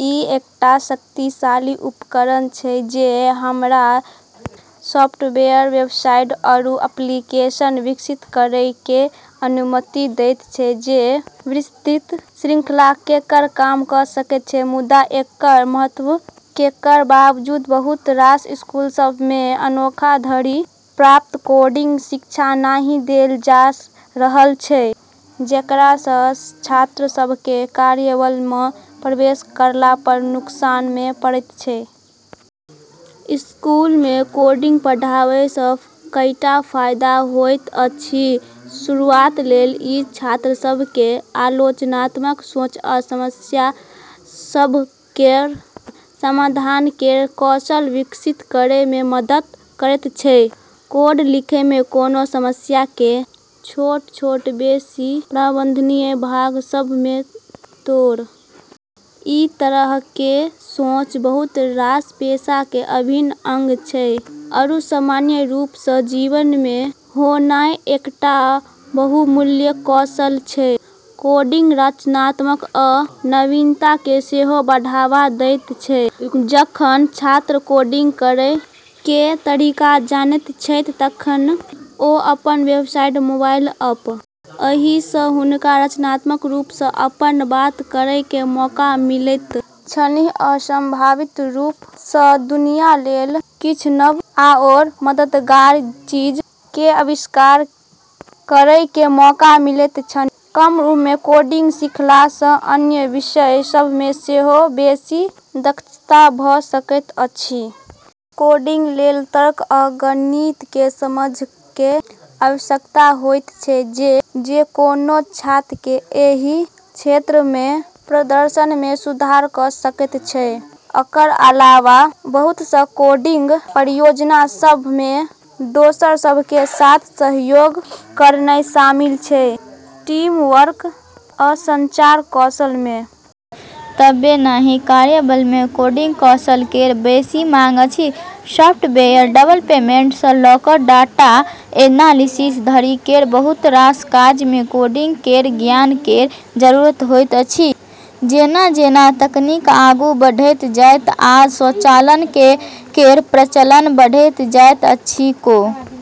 ई एकटा शक्तिशाली उपकरण छै जे हमरा सॉफ्टवेयर, वेबसाइट, आरू एप्लीकेशन विकसित करै केर अनुमति दैत छै जे विस्तृत श्रृंखला केर काम कऽ सकैत छै। मुदा एकर महत्व केर बावजूद बहुत रास स्कूल सभ मे अखनो धरि पर्याप्त कोडिंग शिक्षा नहि देल जा रहल छै, जेकरा सँ छात्र सभ केँ कार्यबल मे प्रवेश करला पर नुकसान मे पड़ैत छै। स्कूल मे कोडिंग पढ़ाबै सँ कईटा फायदा होइत अछि। शुरुआत लेल ई छात्र सभ केँ आलोचनात्मक सोच आ समस्या सभ केर समाधान केर कौशल विकसित करै मे मदद करैत छै। कोड लिखै मे कोनो समस्या केँ छोट-छोट, बेसी प्रबंधनीय भाग सभ मे तोड़नाय, ओकर विश्लेषण करनाय आ ओकरा हल करै केर तरीका खोजनाय शामिल छै। ई तरह केर सोच बहुत रास पेशा केर अभिन्न अंग छै आरू सामान्य रूप सँ जीवन मे होनाय एकटा बहुमूल्य कौशल छै। कोडिंग रचनात्मकता आ नवीनता केँ सेहो बढ़ावा दैत छै। जखन छात्र कोडिंग करै केर तरीका जानैत छैथ तखन ओ अपन वेबसाइट, मोबाइल एप्लीकेशन, आ गेम बना सकैत छैथ। एहि सँ हुनका रचनात्मक रूप सँ अपन बात कहै केर मौका मिलैत छन्हि आ संभावित रूप सँ दुनिया लेल किछ नव आओर मददगार चीज केर आविष्कार करै केर मौका मिलैत छन्हि। कम उम्र मे कोडिंग सीखला सँ अन्य विषय सभ मे सेहो बेसी दक्षता भऽ सकैत अछि। कोडिंग लेल तर्क आ गणित केर समझ केर आवश्यकता होइत छै, जे कोनो छात्र केर एहि क्षेत्र सभ मे प्रदर्शन मे सुधार कऽ सकैत छै। एकर अलावा, बहुत सँ कोडिंग परियोजना सभ मे दोसर सभ केर साथ सहयोग करनाय शामिल छै, जे टीमवर्क आ संचार कौशल मे सुधार कऽ सकैत छै। एतबे नहि, कार्यबल मे कोडिंग कौशल केर बेसी माँग अछि। सॉफ्टवेयर डेवलपमेंट सँ लऽ कऽ डाटा एनालिसिस धरि केर बहुत रास काज मे कोडिंग केर ज्ञान केर जरूरत होइत अछि। जेना-जेना तकनीक आगू बढ़ैत जायत आ स्वचालन केर प्रचलन बढ़ैत जायत अछि, कोडिंग कौशल केर जरूरत केवल बढ़ै वाला अछि।